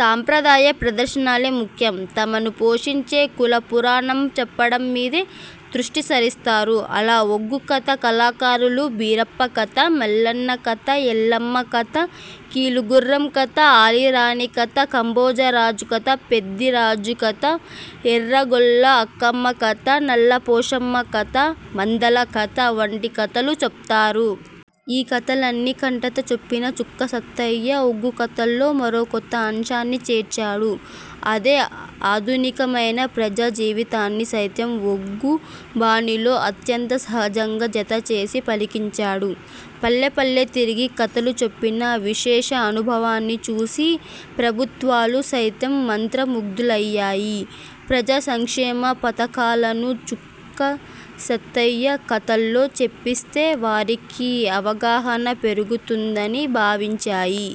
సంప్రదాయ ప్రదర్శనలే ముఖ్యం. తమను పోషించే కులపురాణం చెప్పడం మీదే దృష్టి సారిస్తారు. అలా ఒగ్గు కథ కళాకారులు బీరప్ప కథ, మల్లన్న కథ, ఎల్లమ్మ కథ, కీలుగుర్రం కథ, అల్లిరాణి కథ, కాంబోజరాజు కథ, పెద్దిరాజు కథ, ఎర్రగొల్ల అక్కమ్మ కథ, నల్లపోషమ్మ కథ, మాందాలు కథ వంటి కథలు చెప్తారు. ఈ కథలన్ని కంఠతా చెప్పిన చుక్క సత్తయ్య ఒగ్గుకథలో మరోకొత్త అంశాన్ని చేర్చాడు. అదే ఆధునికమైన ప్రజా జీవితాన్ని సైతం ఒగ్గు బాణీలో అత్యంత సహజంగా జతచేసి పలికించాడు. పల్లెపల్లె తిరిగి కథలు చెప్పిన విశేష అనుభవాన్ని చూసి, ప్రభుత్వాలు సైతం మంత్ర ముగ్ధులయ్యాయి. ప్రజాసంక్షేమ పథకాలను చుక్క సత్తయ్య కథలో చెప్పిస్తే, వారికి అవగాహన పెరుగుతుందని భావించాయి.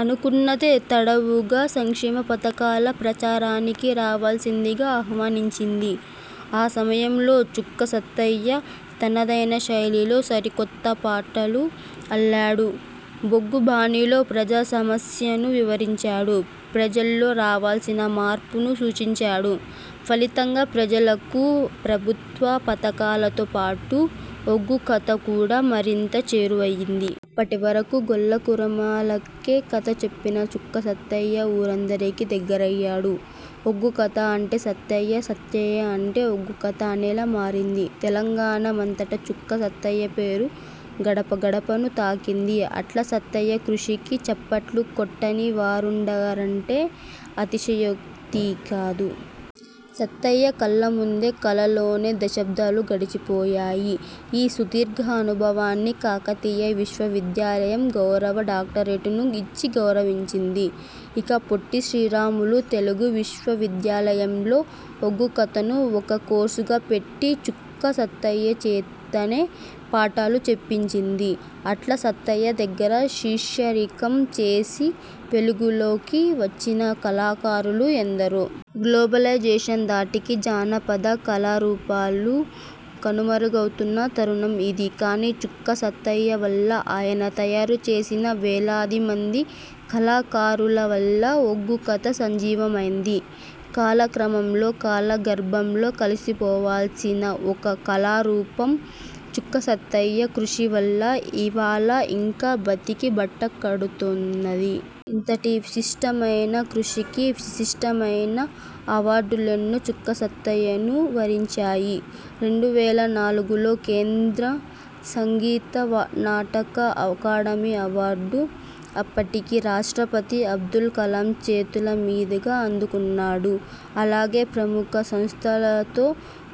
అనుకున్నదే తడవుగా సంక్షేమ పథకాల ప్రచారానికి రావాల్సిందిగా ఆహ్వానించింది. ఆ సమయంలో చుక్క సత్తయ్య తన దైన శైలిలో సరికొత్త పాటలు అల్లాడు. ఒగ్గు బాణీల్లో ప్రజా సమస్యను వివరించాడు. ప్రజల్లో రావాల్సిన మార్పును సూచించాడు. ఫలితంగా ప్రజలకు ప్రభుత్వ పథకాలతో పాటు ఒగ్గుకథ కూడా మరింత చేరువయ్యింది. అప్పటి వరకు గొల్లకురమలకే కథ చెప్పిన చుక్క సత్తయ్య ఊరందరికీ దగ్గరయ్యాడు. ఒగ్గు కథ అంటే సత్తయ్య, సత్తయ్య అంటే ఒగ్గుకథ అనేలా మారింది. తెలంగాణ మంతటా చుక్క సత్తయ్య పేరు గడప గడపను తాకింది. అట్లా సత్తయ్య కృషికి చప్పట్లు కొట్టని వారుండరంటే అతి శయోక్తి కాదు. సత్తయ్య కళ్ల ముందు కళలోనే దశాబ్దాలు గడిచిపోయాయి. ఈ సుదీర్ఘ అనుభవానికి కాకతీయ విశ్వవిద్యాలయం గౌరవ డాక్టరేటుని ఇచ్చి గౌరవించింది. ఇక పొట్టి శ్రీరాములు తెలుగు విశ్వవిద్యాలయంలో ఒగ్గు కథను ఒక కోర్సుగా పెట్టి, చుక్క సత్తయ్య చేతనే పాఠాలు చెప్పించింది. అట్లా సత్తయ్య దగ్గర శిష్యరికం చేసి వెలుగులోకి వచ్చిన కళాకారులు ఎందరో. గ్లోబలైజేషన్ ధాటికి జానపద కళారూపాలు కనుమరుగవుతున్న తరుణం ఇది. కానీ, చుక్క సత్తయ్య వల్ల, ఆయన తయారు చేసిన వేలాది మంది కళా కారుల వల్ల ఒగ్గు కథ సజీవమైంది. కాల క్రమంలో కాల గర్భంలో కలిసిపోవాల్సిన ఒక కళారూపం, చుక్క సత్తయ్య కృషి వల్ల ఇవాళ ఇంకా బతికి బట్ట కడుతున్నది. ఇంతటి విశిష్టమైన కృషికి విశిష్టమైన అవార్డులెన్నో చుక్క సత్తయ్యను వరించాయి. రెండు వేల నాలుగులో కేంద్ర సంగీత నాటక అకాడెమి అవార్డు, అప్పటికి రాష్ట్రపతి అబ్దుల్ కలాం చేతుల మీదుగా అందుకున్నాడు. అలాగే ప్రముఖ సంస్థలతో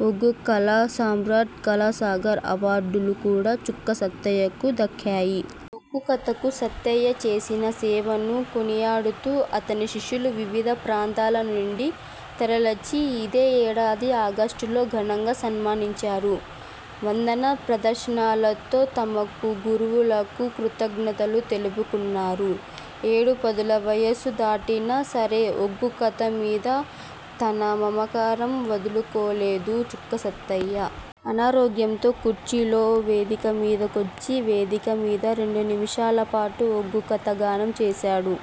ఒగ్గు కళా సమ్రాట్, కళాసాగర్ అవార్డులు కూడా చుక్క సత్తయ్యకు దక్కాయి. ఒగ్గుకథకు సత్తయ్య చేసిన సేవను కొనియాడుతూ, అతని శిష్యులు వివిధ ప్రాంతాల నుండి తరలచ్చి ఇదే యేడాది ఆగష్టులో ఘనంగా సన్మానించారు. వందన ప్రదర్శనలతో తమకు గురువుకు కృతజ్ఞతలు తెలుపుకున్నారు. ఏడుపదుల వయసు దాటినా సరే ఒగ్గు కథ మీద తన మమకారం వదులుకోలేదు చుక్క సత్తయ్య. అనారోగ్యంతో కుర్చీలో వేదిక మీదికొచ్చి వేదిక మీద రెండు నిమిషాల పాటు ఒగ్గుకథ గానం చేశాడు.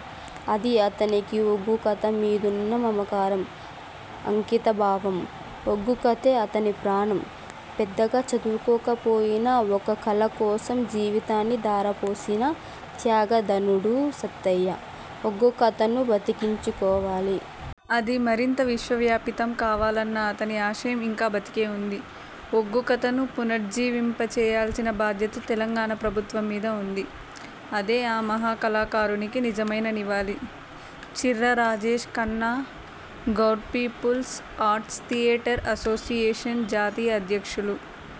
అదీ అతనికి ఒగ్గు కథ మీదున్న మమకారం. అంకితభావం. ఒగ్గుకథే అతని ప్రాణం. పెద్దగా చదువుకోకపోయినా ఒక కళ కోసం జీవితాన్ని ధారపోసిన త్యాగధనుడు సత్తయ్య. ఒగ్గుకథను బతికించుకోవాలి. అది మరింత విశ్వవ్యాపితం కావాలన్న అతని ఆశయం ఇంకా బతికే ఉంది. ఒగ్గు కథను పునర్జీవింప చేయాల్సిన బాధ్యత తెలంగాణ ప్రభుత్వం మీద ఉంది. అదే ఆ మహా కళాకారునికి నిజమైన నివాళి. Chirra Rajesh Khanna Goud peoples arts theatre association జాతీయ అధ్యక్షులు